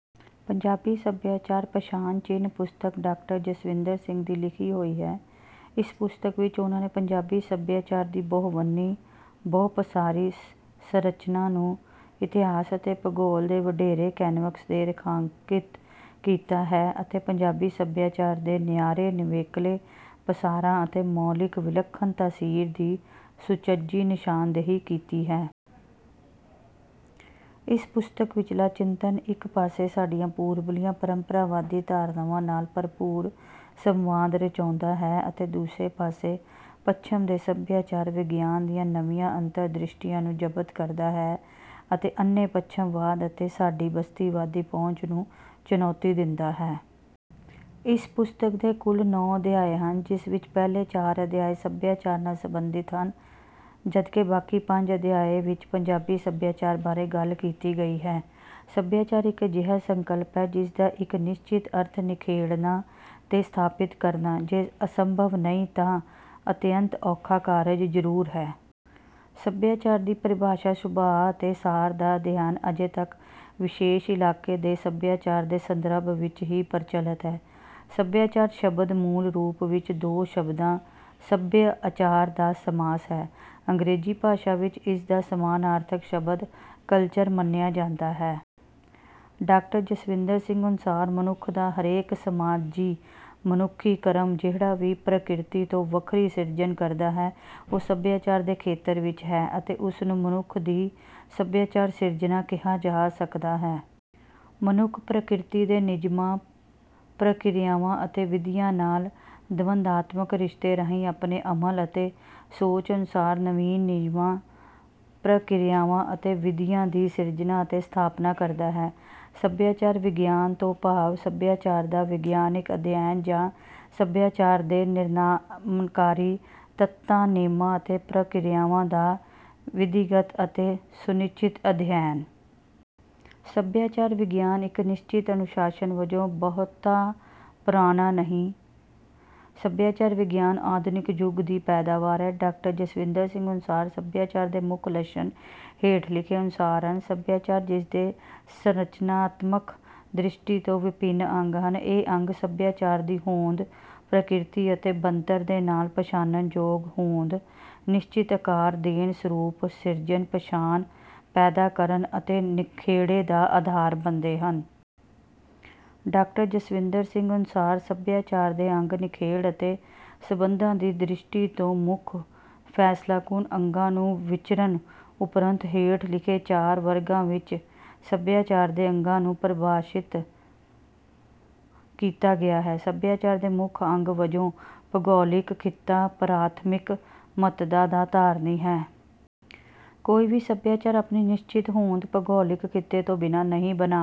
ਪੰਜਾਬੀ ਸਭਿਆਚਾਰ ਪਛਾਣ ਚਿੰਨ੍ਹ ਪੁਸਤਕ ਡਾਕਟਰ ਜਸਵਿੰਦਰ ਸਿੰਘ ਦੀ ਲਿਖੀ ਹੋਈ ਹੈ। ਇਸ ਪੁਸਤਕ ਵਿੱਚ ਉਨ੍ਹਾਂ ਨੇ ਪੰਜਾਬੀ ਸਭਿਆਚਾਰ ਦੀ ਬਹੁਵੰਨੀ ਬਹੁਪਾਸਾਰੀ ਸੰਰਚਨਾ ਨੂੰ ਇਤਿਹਾਸ ਅਤੇ ਭੂਗੋਲ ਦੇ ਵਡੇਰੇ ਕੈਨਵਸ ਤੇ ਰੇਖਾਂਕਿਤ ਕੀਤਾ ਹੈ ਅਤੇ ਪੰਜਾਬੀ ਸਭਿਆਚਾਰ ਦੇ ਨਿਆਰੇ ਨਿਵੇਕਲੇ ਪਾਸਾਰਾਂ ਅਤੇ ਮੌਲਿਕ ਵਿਲਖਣ ਤਾਸੀਰ ਦੀ ਸੁਚੱਜੀ ਨਿਸ਼ਾਨਦੇਹੀ ਕੀਤੀ ਹੈ। ਇਸ ਪੁਸਤਕ ਵਿੱਚਲਾ ਚਿੰਤਨ ਇੱਕ ਪਾਸੇ ਸਾਡੀਆਂ ਪੂਰਬਲੀਆਂ ਪਰੰਪਰਾਵਾਦੀ ਧਾਰਨਾਵਾਂ ਨਾਲ ਭਰਪੂਰ ਸੰਵਾਦ ਰਚਾਉਂਦਾ ਹੈ ਅਤੇ ਦੂਜੇ ਪਾਸੇ ਪੱਛਮ ਦੇ ਸਭਿਆਚਾਰ ਵਿਗਿਆਨ ਦੀਆਂ ਨਵੀਆਂ ਅੰਤਰਦ੍ਰਿਸ਼ਟੀਆਂ ਨੂੰ ਜਜਬ ਕਰਦਾ ਹੈ ਅਤੇ ਅੰਨੇ ਪੱਛਮਵਾਦ ਅਤੇ ਸਾਡੀ ਬਸਤੀਵਾਦੀ ਪਹੁੰਚ ਨੂੰ ਚੁਣੌਤੀ ਦਿੰਦਾ ਹੈ। ਇਸ ਪੁਸਤਕ ਦੇ ਕੁਲ ਨੌਂ ਅਧਿਆਏ ਹਨ। ਜਿਸ ਵਿੱਚ ਪਹਿਲੇ ਚਾਰ ਅਧਿਆਏ ਸਭਿਆਚਾਰ ਨਾਲ ਸਬੰਧਤ ਹਨ ਜਦਕਿ ਬਾਕੀ ਪੰਜ ਅਧਿਆਇਆਂ ਵਿੱਚ ਪੰਜਾਬੀ ਸਭਿਆਚਾਰ ਬਾਰੇ ਗੱਲ ਕੀਤੀ ਗਈ ਹੈ। ਸਭਿਆਚਾਰ ਇੱਕ ਅਜਿਹਾ ਸੰਕਲਪ ਹੈ ਜਿਸ ਦਾ ਇੱਕ ਨਿਸਚਿਤ ਅਰਥ ਨਿਖੇੜਨਾ ਤੇ ਸਥਾਪਿਤ ਕਰਨਾ ਜੇ ਅਸੰਭਵ ਨਹੀਂ ਤਾਂ ਅਤਿਅੰਤ ਔਖਾ ਕਾਰਜ ਜਰੂਰ ਹੈ। ਸਭਿਆਚਾਰ ਦੀ ਪਰਿਭਾਸ਼ਾ ਸੁਭਾਅ ਅਤੇ ਸਾਰ ਦਾ ਅਧਿਐਨ ਅਜੇ ਤੱਕ ਵਿਸ਼ੇਸ਼ ਇਲਾਕੇ ਦੇ ਸਭਿਆਚਾਰ ਦੇ ਸੰਦਰਭ ਵਿੱਚ ਹੀ ਪ੍ਰਚਲਤ ਹੈ। ਸਭਿਆਚਾਰ ਸ਼ਬਦ ਮੂਲ ਰੂਪ ਵਿੱਚ ਦੋ ਸ਼ਬਦਾ ਸਭਯ ਆਚਾਰ ਦਾ ਸਮਾਸ ਹੈ। ਅੰਗਰੇਜੀ ਭਾਸ਼ਾ ਵਿੱਚ ਇਸਦਾ ਸਮਾਨਾਰਥਕ ਸ਼ਬਦ ਕਲਚਰ ਮੰਨਿਆ ਜਾਂਦਾ ਹੈ। ਡਾਕਟਰ ਜਸਵਿੰਦਰ ਸਿੰਘ ਅਨੁਸਾਰ ਮਨੁਖ ਦਾ ਹਰੇਕ ਸਮਾਜੀ ਮਨੁਖੀ ਕਰਮ ਜਿਹੜਾ ਵੀ ਪ੍ਰਕਿਰਤੀ ਤੋਂ ਵਖਰੀ ਸਿਰਜਣ ਕਰਦਾ ਹੈ ਉਹ ਸਭਿਆਚਾਰ ਦੇ ਖੇਤਰ ਵਿੱਚ ਹੈ ਅਤੇ ਉਸ ਨੂੰ ਮਨੁਖ ਦੀ ਸਭਿਆਚਾਰ ਸਿਰਜਣਾ ਕਿਹਾ ਜਾ ਸਕਦਾ ਹੈ। ਮਨੁੱਖ ਪ੍ਰਕਿਰਤੀ ਦੇ ਨਿਯਮਾਂ ਪ੍ਰਕਿਰਿਆਵਾਂ ਅਤੇ ਵਿਧੀਆਂ ਨਾਲ ਦਵੰਦਾਤਮਕ ਰਿਸ਼ਤੇ ਰਾਹੀਂ ਆਪਣੇ ਅਮਲ ਅਤੇ ਸੋਚ ਅਨੁਸਾਰ ਨਵੀਨ ਨਿਯਮਾਂ ਪ੍ਰਕਿਰਿਆਵਾਂ ਅਤੇ ਵਿਧੀਆਂ ਦੀ ਸਿਰਜਣਾ ਅਤੇ ਸਥਾਪਨਾ ਕਰਦਾ ਹੈ। ਸਭਿਆਚਾਰ ਵਿਗਿਆਨ ਤੋਂ ਭਾਵ ਸਭਿਆਚਾਰ ਦਾ ਵਿਗਿਆਨਕ ਅਧਿਐਨ ਜਾਂ ਸਭਿਆਚਾਰ ਦੇ ਨਿਰਮਾਣਕਾਰੀ ਤੱਤਾਂ ਨੇਮਾਂ ਅਤੇ ਪ੍ਰਕਿਰਿਆਵਾਂ ਦਾ ਵਿਧੀਗਤ ਅਤੇ ਸੁਨਿਸਚਿਤ ਅਧਿਐਨ। ਸਭਿਆਚਾਰ ਵਿਗਿਆਨ ਇੱਕ ਨਿਸਚਿਤ ਅਨੁਸਾਸ਼ਨ ਵਜੋਂ ਬਹੁਤਾ ਪੁਰਾਣਾ ਨਹੀਂ। ਸਭਿਆਚਾਰ ਵਿਗਿਆਨ ਆਧੁਨਿਕ ਯੁੱਗ ਦੀ ਪੈਦਾਵਾਰ ਹੈ। ਡਾਕਟਰ ਜਸਵਿੰਦਰ ਸਿੰਘ ਅਨੁਸਾਰ ਸਭਿਆਚਾਰ ਦੇ ਮੁਖ ਲੱਛਣ ਹੇਠ ਲਿਖੇ ਅਨੁਸਾਰ ਹਨ। ਸਭਿਆਚਾਰ ਜਿਸਦੇ ਸੰਰਚਨਾਤਮਕ ਦ੍ਰਿਸ਼ਟੀ ਤੋਂ ਵਿਭਿੰਨ ਅੰਗ ਹਨ ਇਹ ਅੰਗ ਸਭਿਆਚਾਰ ਦੀ ਹੋਂਦ ਪ੍ਰਕਿਰਤੀ ਅਤੇ ਬਣਤਰ ਦੇ ਨਾਲ ਪਛਾਨਣਯੋਗ ਹੋਂਦ ਨਿਸਚਿਤ ਆਕਾਰ ਦੇਣ ਸਰੂਪ ਸਿਰਜਣ ਪਛਾਣ ਪੈਦਾ ਕਰਨ ਅਤੇ ਨਿਖੇੜੇ ਦਾ ਆਧਾਰ ਬਣਦੇ ਹਨ। ਡਾਕਟਰ ਜਸਵਿੰਦਰ ਸਿੰਘ ਅਨੁਸਾਰ ਸਭਿਆਚਾਰ ਦੇ ਅੰਗ ਨਿਖੇੜ ਅਤੇ ਸਬੰਧਾਂ ਦੀ ਦ੍ਰਿਸ਼ਟੀ ਤੋਂ ਮੁਖ ਫੈਸਲਾਕੁਨ ਅੰਗਾਂ ਨੂੰ ਵਿਚਰਣ ਉਪਰੰਤ ਹੇਠ ਲਿਖੇ ਚਾਰ ਵਰਗਾਂ ਵਿੱਚ ਸਭਿਆਚਾਰ ਦੇ ਅੰਗਾਂ ਨੂੰ ਪਰਿਭਾਸ਼ਤ ਕੀਤਾ ਗਿਆ ਹੈ। ਸਭਿਆਚਾਰ ਦੇ ਮੁਖ ਅੰਗ ਵਜੋਂ ਭੂਗੌਲਿਕ ਖਿੱਤਾ ਪ੍ਰਾਥਮਿਕ ਮਹੱਤਤਾ ਦਾ ਧਾਰਨੀ ਹੈ। ਕੋਈ ਵੀ ਸਭਿਆਚਾਰ ਆਪਣੀ ਨਿਸ਼ਚਿਤ ਹੋਂਦ ਭੂਗੌਲਿਕ ਖਿਤੇ ਤੋਂ ਬਿਨਾ ਨਹੀਂ ਬਨਾ